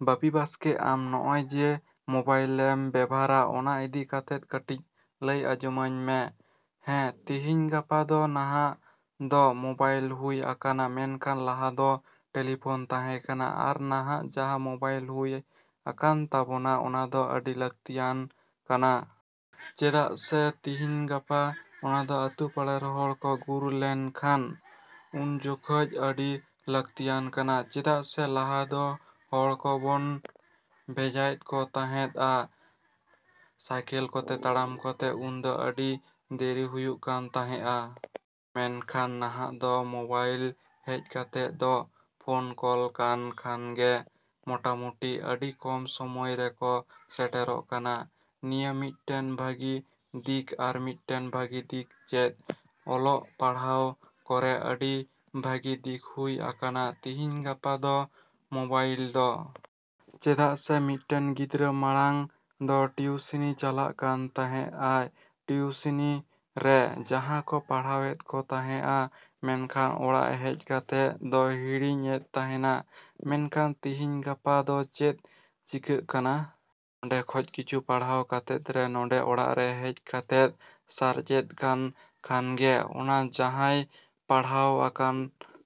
ᱵᱟᱯᱤ ᱵᱟᱥᱠᱮ, ᱟᱢ ᱱᱚᱜᱼᱚᱭ ᱡᱮ ᱢᱚᱵᱟᱭᱤᱞᱮᱢ ᱵᱮᱵᱷᱟᱨᱟ, ᱚᱱᱟ ᱤᱫᱤ ᱠᱟᱛᱮᱫ ᱠᱟᱹᱴᱤᱡ ᱞᱟᱹᱭ ᱟᱸᱡᱚᱢ ᱟᱹᱧ ᱢᱮ᱾ ᱦᱮᱸ, ᱛᱤᱦᱤᱧ ᱜᱟᱯᱟ ᱫᱚ ᱱᱟᱦᱟᱜ ᱫᱚ ᱢᱚᱵᱟᱭᱤᱞ ᱦᱩᱭ ᱟᱠᱟᱱᱟ, ᱢᱮᱱᱠᱷᱟᱱ ᱞᱟᱦᱟ ᱫᱚ ᱴᱮᱞᱤᱯᱷᱚᱱ ᱛᱟᱦᱮᱸ ᱠᱟᱱᱟ᱾ ᱟᱨ ᱱᱟᱦᱟᱜ ᱡᱟᱦᱟᱸ ᱢᱚᱵᱟᱭᱤᱞ ᱦᱩᱭ ᱟᱠᱟᱱ ᱛᱟᱵᱚᱱᱟ, ᱚᱱᱟᱫᱚ ᱟᱹᱰᱤ ᱞᱟᱹᱠᱛᱤᱭᱟᱱ ᱠᱟᱱᱟ᱾ ᱪᱮᱫᱟᱜ ᱥᱮ ᱛᱤᱦᱤᱧ ᱜᱟᱯᱟ ᱚᱱᱟᱫᱚ ᱟᱹᱛᱩ ᱯᱟᱲᱟ ᱨᱮ ᱦᱚᱲ ᱠᱚ ᱜᱩᱨ ᱞᱮᱱ ᱠᱷᱟᱱ ᱩᱱᱡᱚᱠᱷᱟᱹᱡ ᱟᱹᱰᱤ ᱞᱟᱹᱠᱛᱤᱭᱟᱱ ᱠᱟᱱᱟ᱾ ᱪᱮᱫᱟᱜ ᱥᱮ ᱞᱟᱦᱟ ᱫᱚ ᱦᱚᱲ ᱠᱚ ᱵᱚᱱ ᱵᱷᱮᱡᱟᱭᱮᱫ ᱠᱚ ᱛᱟᱦᱮᱸᱫᱼᱟ ᱥᱟᱭᱠᱮᱞ ᱠᱚᱛᱮ, ᱛᱟᱲᱟᱢ ᱠᱚᱛᱮ᱾ ᱩᱱᱫᱚ ᱟᱹᱰᱤ ᱫᱮᱨᱤ ᱦᱩᱭᱩᱜ ᱠᱟᱱ ᱛᱟᱦᱮᱸᱜᱼᱟ᱾ ᱢᱮᱱᱠᱷᱟᱱ ᱱᱟᱦᱟᱜ ᱫᱚ ᱢᱚᱵᱟᱭᱤᱞ ᱦᱮᱡ ᱠᱟᱛᱮᱫ ᱫᱚ ᱯᱷᱚᱱ ᱠᱚᱞ ᱠᱟᱱ ᱠᱷᱟᱱ ᱜᱮ ᱢᱚᱴᱟᱢᱩᱴᱤ ᱟᱹᱰᱤ ᱠᱚᱢ ᱥᱚᱢᱚᱭ ᱨᱮᱠᱚ ᱥᱮᱴᱮᱨᱚᱜ ᱠᱟᱱᱟ᱾ ᱱᱤᱭᱟᱹ ᱢᱤᱫᱴᱮᱱ ᱵᱷᱟᱹᱜᱤ ᱫᱤᱠ᱾ ᱟᱨ ᱢᱤᱫᱴᱮᱱ ᱵᱷᱟᱹᱜᱤ ᱫᱤᱠ ᱪᱮᱫ? ᱚᱞᱚᱜ ᱯᱟᱲᱦᱟᱜ ᱠᱚᱨᱮ ᱟᱹᱰᱤ ᱵᱷᱟᱹᱜᱤ ᱫᱤᱠ ᱦᱩᱭ ᱟᱠᱟᱱᱟ ᱛᱤᱦᱤᱧ ᱜᱟᱯᱟ ᱫᱚ ᱢᱚᱵᱟᱭᱤᱞ ᱫᱚ᱾ ᱪᱮᱫᱟᱜ ᱥᱮ ᱢᱤᱫᱴᱮᱱ ᱜᱤᱫᱽᱨᱟᱹ ᱢᱟᱲᱟᱝ ᱫᱚ ᱴᱤᱭᱩᱥᱚᱱᱤ ᱪᱟᱞᱟᱜ ᱠᱟᱱ ᱛᱟᱦᱮᱸᱫᱼᱟ᱾ ᱴᱤᱭᱩᱥᱚᱱᱤ ᱨᱮ ᱡᱟᱦᱟᱸ ᱠᱚ ᱯᱟᱲᱦᱟᱣ ᱮᱫ ᱠᱚ ᱛᱟᱦᱮᱸᱫᱼᱟ, ᱢᱮᱱᱠᱷᱟᱱ ᱚᱲᱟᱜ ᱦᱮᱡ ᱠᱟᱛᱮᱫ ᱫᱚ ᱦᱤᱲᱤᱧ ᱮᱫ ᱛᱟᱦᱮᱸᱱᱟ᱾ ᱢᱮᱱᱠᱷᱟᱱ ᱛᱤᱦᱤᱧ ᱜᱟᱯᱟ ᱫᱚ ᱪᱮᱫ ᱪᱤᱠᱟᱜ ᱠᱟᱱᱟ? ᱚᱸᱰᱮ ᱠᱷᱚᱡ ᱠᱤᱪᱷᱩ ᱯᱟᱲᱦᱟᱣ ᱠᱟᱛᱮᱫ ᱨᱮ ᱱᱚᱰᱮ ᱚᱲᱟᱜ ᱨᱮ ᱦᱮᱡ ᱠᱟᱛᱮᱫ ᱥᱟᱨᱪ ᱮᱫ ᱠᱟᱱ ᱠᱷᱟᱱ ᱜᱮ ᱚᱱᱟ ᱡᱟᱦᱟᱸᱭ ᱯᱟᱲᱦᱟᱣ ᱟᱠᱟᱱ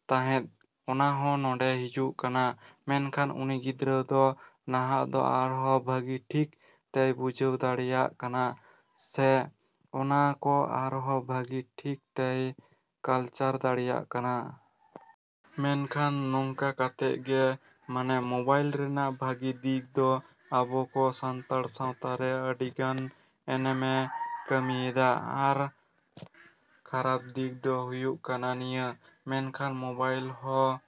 ᱛᱟᱦᱮᱸᱫ, ᱚᱱᱟ ᱦᱚᱸ ᱱᱚᱰᱮ ᱦᱤᱡᱩᱜ ᱠᱟᱱᱟ᱾ ᱢᱮᱱᱠᱷᱟᱱ ᱩᱱᱤ ᱜᱤᱫᱽᱨᱟᱹ ᱫᱚ ᱱᱟᱦᱟᱜ ᱫᱚ ᱟᱨᱦᱚᱸ ᱵᱷᱟᱹᱜᱤ ᱴᱷᱤᱠ ᱛᱮᱭ ᱵᱩᱡᱷᱟᱹᱣ ᱫᱟᱲᱮᱭᱟᱜ ᱠᱟᱱᱟ ᱥᱮ ᱚᱱᱟ ᱠᱚ ᱟᱨᱦᱚᱸ ᱵᱷᱟᱹᱜᱤ ᱴᱷᱤᱠ ᱛᱮᱭ ᱠᱟᱞᱪᱟᱨ ᱫᱟᱲᱮᱭᱟᱜ ᱠᱟᱱᱟ᱾ ᱢᱮᱱᱠᱷᱟᱱ ᱱᱚᱝᱠᱟ ᱠᱟᱛᱮᱫ ᱜᱮ ᱢᱟᱱᱮ ᱢᱚᱵᱟᱭᱤᱞ ᱨᱮᱱᱟᱜ ᱵᱷᱟᱹᱜᱤ ᱫᱤᱠ ᱫᱚ ᱟᱵᱚ ᱠᱚ ᱥᱟᱱᱛᱟᱲ ᱥᱟᱶᱛᱟ ᱨᱮ ᱟᱹᱰᱤ ᱜᱟᱱ ᱮᱱᱮᱢᱮ ᱠᱟᱹᱢᱤᱭᱮᱫᱟ᱾ ᱟᱨ ᱠᱷᱟᱨᱟᱯ ᱫᱤᱠ ᱫᱚ ᱦᱩᱭᱩᱜ ᱠᱟᱱᱟ ᱱᱤᱭᱟᱹ᱾ ᱢᱮᱱᱠᱷᱟᱱ ᱢᱚᱵᱟᱭᱤᱞ ᱦᱚᱸ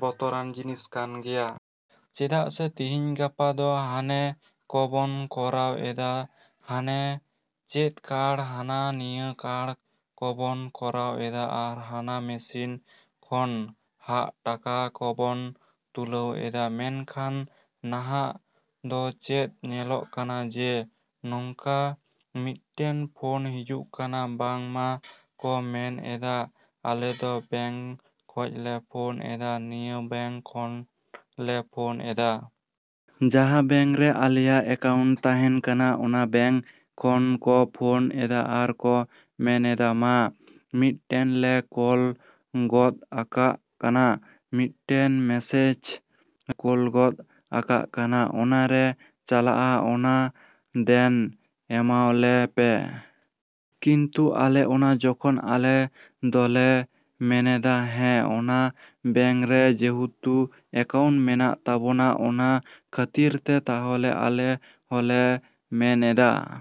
ᱵᱚᱛᱚᱨᱟᱱ ᱡᱤᱱᱤᱥ ᱠᱟᱱ ᱜᱮᱭᱟ᱾ ᱪᱮᱫᱟᱜ ᱥᱮ ᱛᱤᱦᱤᱧ ᱜᱟᱯᱟ ᱫᱚ ᱦᱟᱱᱮ ᱠᱚ ᱵᱚᱱ ᱠᱚᱨᱟᱣ ᱮᱫᱟ, ᱦᱟᱱᱮ ᱪᱮᱫ ᱠᱟᱨᱰ, ᱦᱟᱱᱟ ᱱᱤᱭᱟᱹ ᱠᱟᱨᱰ ᱠᱚ ᱵᱚᱱ ᱠᱚᱨᱟᱣ ᱮᱫᱟ ᱟᱨ ᱦᱟᱱᱟ ᱢᱮᱥᱤᱱ ᱠᱷᱚᱱ ᱦᱟᱜ ᱴᱟᱠᱟ ᱠᱚ ᱵᱚᱱ ᱛᱩᱞᱟᱹᱣ ᱮᱫᱟ᱾ ᱢᱮᱱᱠᱷᱟᱱ ᱱᱟᱦᱟᱜ ᱫᱚ ᱪᱮᱫ ᱧᱮᱞᱚᱜ ᱠᱟᱱᱟ ᱡᱮ ᱱᱚᱝᱠᱟ ᱢᱤᱫᱴᱮᱱ ᱯᱷᱳᱱ ᱦᱤᱡᱩᱜ ᱠᱟᱱᱟ ᱵᱟᱝ ᱢᱟ ᱠᱚ ᱢᱮᱱ ᱮᱫᱟ ᱟᱞᱮᱫᱚ ᱵᱮᱝᱠ ᱠᱷᱚᱡ ᱞᱮ ᱯᱷᱳᱱ ᱮᱫᱟ, ᱱᱤᱭᱟᱹ ᱵᱮᱝᱠ ᱠᱷᱚᱱ ᱞᱮ ᱯᱷᱳᱱ ᱮᱫᱟ᱾ ᱡᱟᱦᱟᱸ ᱵᱮᱝᱠ ᱨᱮ ᱟᱞᱮᱭᱟᱜ ᱮᱠᱟᱣᱩᱱᱴ ᱛᱟᱦᱮᱸᱱ ᱠᱟᱱᱟ, ᱚᱱᱟ ᱵᱮᱝᱠ ᱠᱷᱚᱱ ᱠᱚ ᱯᱷᱳᱱ ᱮᱫᱟ ᱟᱨ ᱠᱚ ᱢᱮᱱ ᱮᱫᱟ ᱢᱟ ᱢᱤᱫᱴᱮᱱ ᱞᱮ ᱠᱚᱞ ᱜᱚᱫ ᱟᱠᱟᱜ ᱠᱟᱱᱟ, ᱢᱤᱫᱴᱮᱱ ᱢᱮᱥᱮᱡ ᱞᱮ ᱠᱚᱞ ᱜᱚᱫ ᱟᱠᱟᱜ ᱠᱟᱱᱟ᱾ ᱚᱱᱟ ᱨᱮ ᱪᱟᱞᱟᱜᱼᱟ, ᱚᱱᱟ ᱫᱮᱱ ᱮᱢᱟᱣᱟᱞᱮ ᱯᱮ᱾ ᱠᱤᱱᱛᱩ ᱟᱞᱮ ᱚᱱᱟ ᱡᱚᱠᱷᱚᱱ ᱟᱞᱮ ᱫᱚᱞᱮ ᱢᱮᱱᱮᱫᱟ ᱦᱮᱸ ᱚᱱᱟ ᱵᱮᱝᱠ ᱨᱮ ᱡᱮᱦᱮᱛᱩ ᱟᱠᱟᱣᱩᱱᱴ ᱢᱮᱱᱟᱜ ᱛᱟᱵᱚᱱᱟ, ᱚᱱᱟ ᱠᱷᱟᱹᱛᱤᱨ ᱛᱮ ᱛᱟᱦᱚᱞᱮ ᱟᱞᱮ ᱦᱚᱸᱞᱮ ᱢᱮᱱ ᱮᱫᱟᱼᱼ